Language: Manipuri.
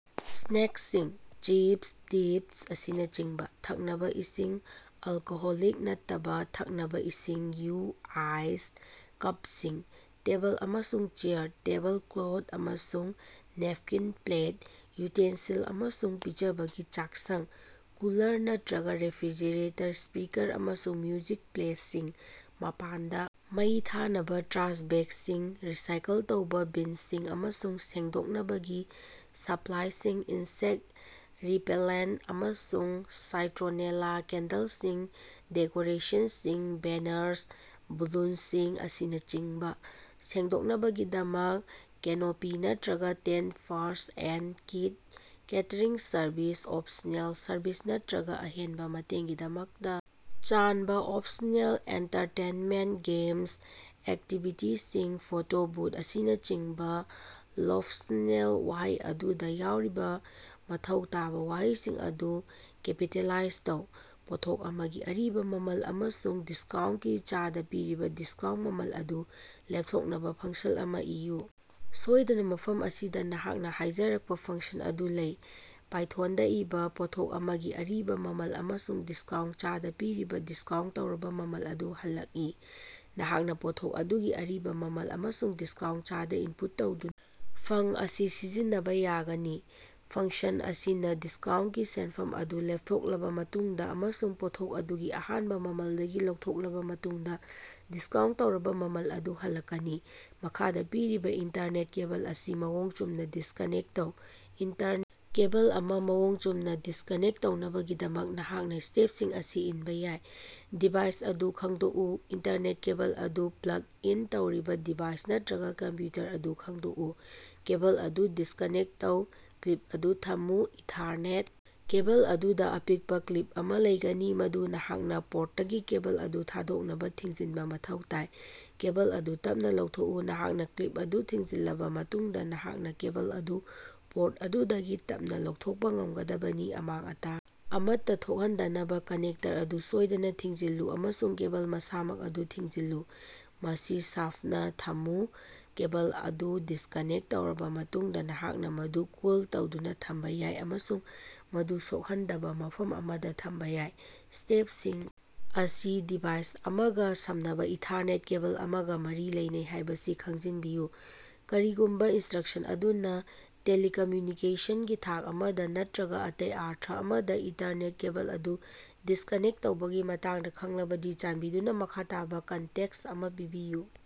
ꯁ꯭ꯅꯦꯛꯁꯤꯡ (ꯆꯤꯞꯁ, ꯗꯤꯞꯁ, ꯑꯁꯤꯅꯆꯤꯡꯕ) ꯊꯛꯅꯕ ꯏꯁꯤꯡ (ꯑꯜꯀꯣꯍꯣꯂꯤꯛ ꯅꯠꯇꯕ ꯊꯛꯅꯕ ꯏꯁꯤꯡ, ꯌꯨ, ꯑꯥꯏꯁ, ꯀꯞꯁꯤꯡ) ꯇꯦꯕꯜ ꯑꯃꯁꯨꯡ ꯆꯦꯌꯔ ꯇꯦꯕꯜ ꯀ꯭ꯂꯣꯊ ꯑꯃꯁꯨꯡ ꯅꯦꯞꯀꯤꯟ ꯄ꯭ꯂꯦꯠ, ꯌꯨꯇꯦꯟꯁꯤꯜ, ꯑꯃꯁꯨꯡ ꯄꯤꯖꯕꯒꯤ ꯆꯥꯛꯁꯪ ꯀꯨꯂꯔ ꯅꯠꯇ꯭ꯔꯒ ꯔꯦꯐ꯭ꯔꯤꯖꯔꯦꯇꯔ ꯁ꯭ꯄꯤꯀꯔ ꯑꯃꯁꯨꯡ ꯃ꯭ꯌꯨꯖꯤꯛ ꯄ꯭ꯂꯦꯂꯤꯁ ꯃꯄꯥꯟꯗ ꯃꯩ ꯊꯥꯅꯕ ꯇ꯭ꯔꯥꯁ ꯕꯦꯛꯁꯤꯡ, ꯔꯤꯁꯥꯏꯀꯜ ꯇꯧꯕ ꯕꯤꯟꯁꯤꯡ, ꯑꯃꯁꯨꯡ ꯁꯦꯡꯗꯣꯛꯅꯕꯒꯤ ꯁꯄ꯭ꯂꯥꯏꯁꯤꯡ ꯏꯟꯁꯦꯛ ꯔꯤꯄꯦꯂꯦꯟꯠ ꯑꯃꯁꯨꯡ ꯁꯥꯏꯇ꯭ꯔꯣꯅꯦꯂꯥ ꯀꯦꯟꯗꯜꯁꯤꯡ ꯗꯦꯀꯣꯔꯦꯁꯟꯁꯤꯡ (ꯕꯦꯅꯔꯁ, ꯕꯦꯂꯨꯟꯁꯤꯡ, ꯑꯁꯤꯅꯆꯤꯡꯕ) ꯁꯦꯡꯗꯣꯛꯅꯕꯒꯤꯗꯃꯛ ꯀꯦꯅꯣꯄꯤ ꯅꯠꯇ꯭ꯔꯒ tent first aid kit catering service (optional) service ꯅꯠꯇ꯭ꯔꯒ ꯑꯍꯦꯟꯕ ꯃꯇꯦꯡꯒꯤꯗꯃꯛꯇ ꯆꯥꯟꯕ (ꯑꯣꯞꯁꯅꯦꯜ) ꯑꯦꯟꯇꯔꯇꯦꯟꯃꯦꯟꯠ (ꯒꯦꯝꯁ, ꯑꯦꯛꯇꯤꯚꯤꯇꯤꯁꯤꯡ, ꯐꯣꯇꯣ ꯕꯨꯊ, ꯑꯁꯤꯅꯆꯤꯡꯕ) ꯂꯑꯣꯞꯁꯅꯦꯜ꯫ ꯋꯥꯍꯩ ꯑꯗꯨꯗ ꯌꯥꯎꯔꯤꯕ ꯃꯊꯧ ꯇꯥꯕ ꯋꯥꯍꯩꯁꯤꯡ ꯑꯗꯨ ꯀꯦꯄꯤꯇꯦꯂꯥꯏꯖ ꯇꯧ꯫ ꯄꯣꯠꯊꯣꯛ ꯑꯃꯒꯤ ꯑꯔꯤꯕ ꯃꯃꯜ ꯑꯃꯁꯨꯡ ꯗꯤꯁꯀꯥꯎꯟꯠꯀꯤ ꯆꯥꯗ ꯄꯤꯔꯕ ꯗꯤꯁꯀꯥꯎꯟꯠ ꯃꯃꯜ ꯑꯗꯨ ꯂꯦꯞꯊꯣꯛꯅꯕ ꯐꯪꯁꯟ ꯑꯃ ꯏꯌꯨ꯫ ꯁꯣꯏꯗꯅ, ꯃꯐꯝ ꯑꯁꯤꯗ ꯅꯍꯥꯛꯅ ꯍꯥꯏꯖꯔꯛꯄ ꯐꯪꯁꯟ ꯑꯗꯨ ꯂꯩ, ꯄꯥꯏꯊꯣꯟꯗ ꯏꯕ, ꯄꯣꯠꯊꯣꯛ ꯑꯃꯒꯤ ꯑꯔꯤꯕ ꯃꯃꯜ ꯑꯃꯁꯨꯡ ꯗꯤꯁꯀꯥꯎꯟꯠ ꯆꯥꯗ ꯄꯤꯔꯕ ꯗꯤꯁꯀꯥꯎꯟꯠ ꯇꯧꯔꯕ ꯃꯃꯜ ꯑꯗꯨ ꯍꯜꯂꯛꯏ꯫ ꯅꯍꯥꯛꯅ ꯄꯣꯠꯊꯣꯛ ꯑꯗꯨꯒꯤ ꯑꯔꯤꯕ ꯃꯃꯜ ꯑꯃꯁꯨꯡ ꯗꯤꯁꯀꯥꯎꯟꯠ ꯆꯥꯗ ꯏꯟꯄꯨꯠ ꯇꯧꯗꯨ ꯐꯪ ꯑꯁꯤ ꯁꯤꯖꯤꯟꯅꯕ ꯌꯥꯒꯅꯤ꯫ ꯐꯪꯁꯟ ꯑꯁꯤꯅ ꯗꯤꯁꯀꯥꯎꯟꯠꯀꯤ ꯁꯦꯟꯐꯝ ꯑꯗꯨ ꯂꯦꯞꯊꯣꯛꯂꯕ ꯃꯇꯨꯡꯗ ꯑꯃꯁꯨꯡ ꯄꯣꯠꯊꯣꯛ ꯑꯗꯨꯒꯤ ꯑꯍꯥꯟꯕ ꯃꯃꯜꯗꯒꯤ ꯂꯧꯊꯣꯛꯂꯕ ꯃꯇꯨꯡꯗ ꯗꯤꯁꯀꯥꯎꯟꯠ ꯇꯧꯔꯕ ꯃꯃꯜ ꯑꯗꯨ ꯍꯜꯂꯛꯀꯅꯤ꯫ ꯃꯈꯥꯗ ꯄꯤꯔꯤꯕ ꯏꯟꯇꯔꯅꯦꯠ ꯀꯦꯕꯜ ꯑꯁꯤ ꯃꯑꯣꯡ ꯆꯨꯝꯅ ꯗꯤꯁꯀꯅꯦꯛ ꯇꯧ꯫ ꯏꯟꯇꯔꯅꯦꯠ ꯀꯦꯕꯜ ꯑꯃ ꯃꯑꯣꯡ ꯆꯨꯝꯅ ꯗꯤꯁꯀꯅꯦꯛ ꯇꯧꯅꯕꯒꯤꯗꯃꯛ, ꯅꯍꯥꯛꯅ ꯁ꯭ꯇꯦꯞꯁꯤꯡ ꯑꯁꯤ ꯏꯟꯕ ꯌꯥꯏ: ꯗꯤꯚꯥꯏꯁ ꯑꯗꯨ ꯈꯪꯗꯣꯛꯎ ꯏꯟꯇꯔꯅꯦꯠ ꯀꯦꯕꯜ ꯑꯗꯨ ꯄ꯭ꯂꯒ ꯏꯟ ꯇꯧꯔꯤꯕ ꯗꯤꯚꯥꯏꯁ ꯅꯠꯇ꯭ꯔꯒ ꯀꯝꯄ꯭ꯌꯨꯇꯔ ꯑꯗꯨ ꯈꯪꯗꯣꯛꯎ꯫ ꯀꯦꯕꯜ ꯑꯗꯨ ꯗꯤꯁꯀꯅꯦꯛ ꯇꯧꯕ꯫ ꯀ꯭ꯂꯤꯞ ꯑꯗꯨ ꯊꯝꯃꯨ: ꯏꯊꯥꯔꯅꯦꯠ ꯀꯦꯕꯜ ꯑꯗꯨꯗ ꯑꯄꯤꯛꯄ ꯀ꯭ꯂꯤꯞ ꯑꯃ ꯂꯩꯒꯅꯤ, ꯃꯗꯨ ꯅꯍꯥꯛꯅ ꯄꯣꯔꯠꯇꯒꯤ ꯀꯦꯕꯜ ꯑꯗꯨ ꯊꯥꯗꯣꯛꯅꯕ ꯊꯤꯡꯖꯤꯟꯕ ꯃꯊꯧ ꯇꯥꯏ꯫ ꯀꯦꯕꯜ ꯑꯗꯨ ꯇꯞꯅ ꯂꯧꯊꯣꯛꯎ: ꯅꯍꯥꯛꯅ ꯀ꯭ꯂꯤꯞ ꯑꯗꯨ ꯊꯤꯡꯖꯤꯜꯂꯕ ꯃꯇꯨꯡꯗ, ꯅꯍꯥꯛꯅ ꯀꯦꯕꯜ ꯑꯗꯨ ꯄꯣꯔꯠ ꯑꯗꯨꯗꯒꯤ ꯇꯞꯅ ꯂꯧꯊꯣꯛꯄ ꯉꯝꯒꯗꯕꯅꯤ꯫ ꯑꯃꯥꯡ-ꯑꯇꯥ ꯑꯃꯠꯇ ꯊꯣꯛꯍꯟꯗꯅꯕ ꯀꯅꯦꯛꯇꯔ ꯑꯗꯨ ꯁꯣꯏꯗꯅ ꯊꯤꯡꯖꯤꯜꯂꯨ ꯑꯃꯁꯨꯡ ꯀꯦꯕꯜ ꯃꯁꯥꯃꯛ ꯑꯗꯨ ꯊꯤꯡꯖꯤꯜꯂꯨ꯫ ꯃꯁꯤ ꯁꯥꯐꯅ ꯊꯝꯃꯨ: ꯀꯦꯕꯜ ꯑꯗꯨ ꯗꯤꯁꯀꯅꯦꯛꯇ ꯇꯧꯔꯕ ꯃꯇꯨꯡꯗ, ꯅꯍꯥꯛꯅ ꯃꯗꯨ ꯀꯣꯏꯜ ꯇꯧꯗꯨꯅ ꯊꯝꯕ ꯌꯥꯏ ꯑꯃꯁꯨꯡ ꯃꯗꯨ ꯁꯣꯛꯍꯟꯗꯕ ꯃꯐꯝ ꯑꯃꯗ ꯊꯝꯕ ꯌꯥꯏ꯫ ꯁ꯭ꯇꯦꯞꯁꯤꯡ ꯑꯁꯤ ꯗꯤꯚꯥꯏꯁ ꯑꯃꯒ ꯁꯝꯅꯕ ꯏꯊꯥꯔꯅꯦꯠ ꯀꯦꯕꯜ ꯑꯃꯒ ꯃꯔꯤ ꯂꯩꯅꯩ ꯍꯥꯏꯕꯁꯤ ꯈꯪꯖꯤꯟꯕꯤꯌꯨ꯫ ꯀꯔꯤꯒꯨꯝꯕ ꯏꯟꯁꯇ꯭ꯔꯛꯁꯟ ꯑꯗꯨꯅ ꯇꯦꯂꯤꯀꯃ꯭ꯌꯨꯅꯤꯀꯦꯁꯟꯒꯤ ꯊꯥꯛ ꯑꯃꯗ ꯅꯠꯇ꯭ꯔꯒ ꯑꯇꯩ ꯑꯔꯊ ꯑꯃꯗ ꯏꯟꯇꯔꯅꯦꯠ ꯀꯦꯕꯜ ꯑꯗꯨ ꯗꯤꯁꯀꯅꯦꯛ ꯇꯧꯕꯒꯤ ꯃꯇꯥꯡꯗ ꯈꯪꯂꯕꯗꯤ ꯆꯥꯟꯕꯤꯗꯨꯅ ꯃꯈꯥ ꯇꯥꯕ ꯀꯟꯇꯦꯛꯁ ꯑꯃ ꯄꯤꯕꯤꯌꯨ꯫